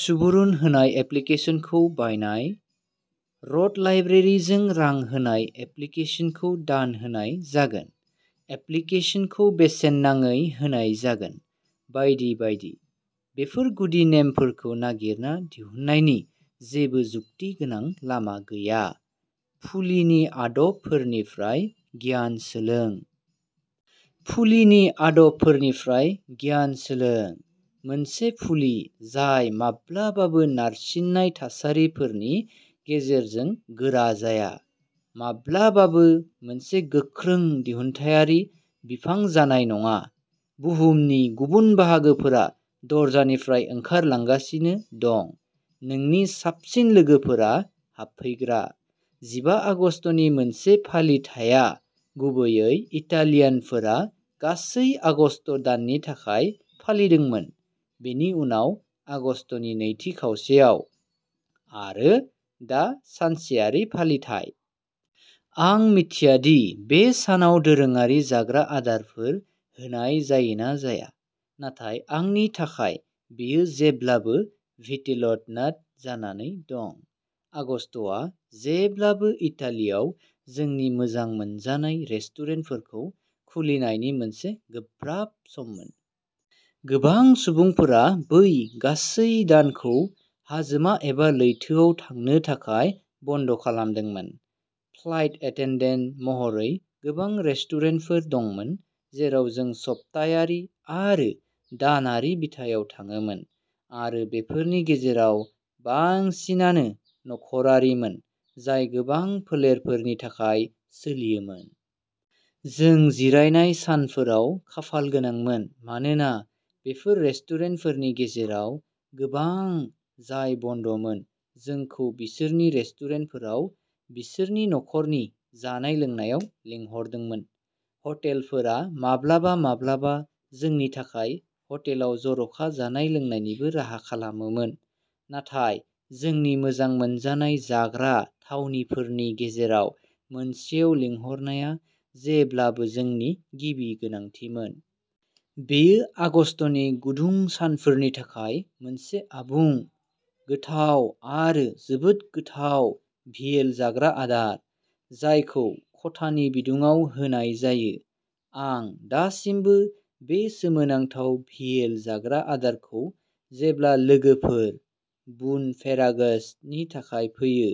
सुबुरुन होनाय एप्लिकेसनखौ बायनाय। र'ड लाइब्रेरिजों रां होनाय एप्लिकेसनखौ दान होनाय जागोन, एप्लिकेसनखौ बेसेन नाङै होनाय जागोन, बायदि बायदि। बेफोर गुदि नेमफोरखौ नागिरना दिहुननायनि जेबो जुक्ति गोनां लामा गैया। फुलिनि आदबफोरनिफ्राय गियान सोलों। फुलिनि आदबफोरनिफ्राय गियान सोलों। मोनसे फुलि जाय माब्लाबाबो नारसिननाय थासारिफोरनि गेजेरजों गोरा जाया, माब्लाबाबो मोनसे गोख्रों दिहुनथायारि बिफां जानाय नङा। बुहुमनि गुबुन बाहागोफोरा दरजानिफ्राय ओंखारलांगासिनो दं, नोंनि साबसिन लोगोफोरा हाबफैग्रा। जिबा आगस्तनि मोनसे फालिथाइया गुबैयै इटालियानफोरा गासै आगस्त दाननि थाखाय फालिदोंमोन, बेनि उनाव आगस्तनि नैथि खावसेयाव आरो दा सानसेयारि फालिथाइ। आं मिथिया दि बे सानाव दोरोङारि जाग्रा आदारफोर होनाय जायो ना जाया, नाथाय आंनि थाखाय बेयो जेब्लाबो " भिटेल'टनाट’ " जानानै दं। आगस्तआ जेब्लाबो इटालियाव जोंनि मोजां मोनजानाय रेस्टुरेन्टफोरखौ खुलिनायनि मोनसे गोब्राब सम मोन। गोबां सुबुंफोरा बै गासै दानखौ हाजोमा एबा लैथोआव थांनो थाखाय बन्द' खालामदोंमोन। फ्लाइट एटेनडेन्ट महरै गोबां रेस्टुरेन्टफोर दंमोन जेराव जों सप्तायारि आरो दानारि बिथायाव थाङोमोन आरो बेफोरनि गेजेराव बांसिनानो नखरारिमोन जाय गोबां फोलेरफोरनि थाखाय सोलियोमोन। जों जिरायनाय सानफोराव खाफालगोनांमोन मानोना बेफोर रेस्टुरेन्टफोरनि गेजेराव गोबां जाय बन्द'मोन, जोंखौ बिसोरनि रेस्टुरेन्टफोराव बिसोरनि नखरनि जानाय-लोंनायाव लिंहरदोंमोन। हटेलफोरा माब्लाबा-माब्लाबा जोंनि थाखाय हटेलाव जर'खा जानाय-लोंनायनिबो राहा खालामोमोन, नाथाय जोंनि मोजां मोनजानाय जाग्रा थावनिफोरनि गेजेराव मोनसेआव लिंहरनाया जेब्लाबो जोंनि गिबि गोनांथिमोन। बेयो आगस्तनि गुदुं सानफोरनि थाखाय मोनसे आबुं, गोथाव आरो जोबोद गोथाव भियेल जाग्रा आदार, जायखौ खथानि बिदुङाव होनाय जायो। आं दासिमबो बे सोमोनांथाव भियेल जाग्रा आदारखौ जेब्ला लोगोफोर " बुन फेरागोस्ट' " नि थाखाय फैयो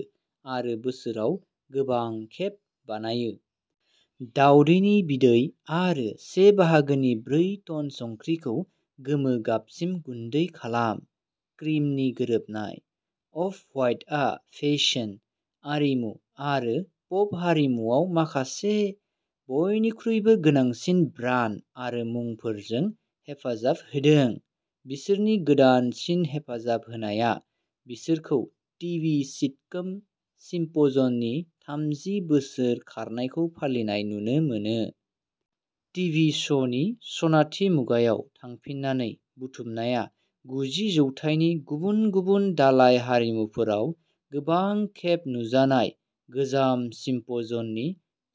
आरो बोसोराव गोबां खेब बानायो। दाउदैनि बिदै आरो से बाहागोनि ब्रै टन संख्रिखौ गोमो गाबसिम गुन्दै खालाम। क्रिमनि गोरोबनाय। अफ-हवाइटआ फेसन, आरिमु आरो पप हारिमुआव माखासे बयनिख्रुइबो गोनांसिन ब्रान्ड आरो मुंफोरजों हेफाजाब होदों। बिसोरनि गोदानसिन हेफाजाब होनाया बिसोरखौ टिभि सिटकोम सिम्पसननि थामजि बोसोर खारनायखौ फालिनाय नुनो मोनो। टिभि श'नि सनाथि मुगायाव थांफिननानै, बुथुमनाया गुजि जौथाइनि गुबुन गुबुन दालाय-हारिमुफोराव गोबां खेब नुजानाय गोजाम सिम्पसननि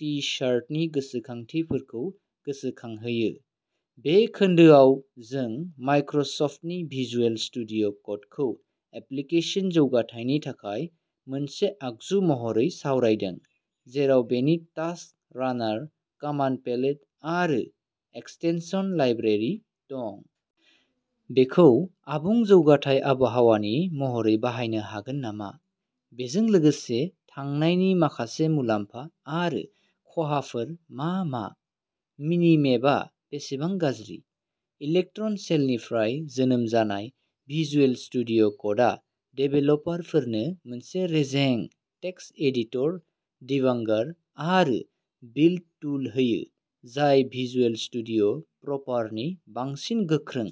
टि-शार्टनि गोसोखांथिफोरखौ गोसोखांहोयो। बे खोन्दोआव, जों माइक्रसफ्टनि भिजुएल स्टुडिय' क'डखौ एप्लिकेसन जौगाथायनि थाखाय मोनसे आगजु महरै सावरायदों, जेराव बेनि टास्क रानार, कमान्ड पेलेट आरो एक्सटेनसन लाइब्रेरि दं। बेखौ आबुं जौगाथाय आबहावानि महरै बाहायनो हागोन नामा? बेजों लोगोसे थांनायनि माखासे मुलाम्फा आरो खहाफोर मा मा? मिनि-मेपआ बेसेबां गाज्रि? इलेक्ट्रन सेलनिफ्राय जोनोम जानाय, भिजुएल स्टुडिय' क'डआ डेभेलपारफोरनो मोनसे रेजें टेक्सट एडिटर, डिबांगार आरो बिल्ड टुल होयो जाय भिजुएल स्टुडिय' प्रपारनि बांसिन गोख्रों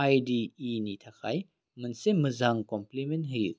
आइ डि इ नि थाखाय मोनसे मोजां कमप्लिमेन्ट होयो।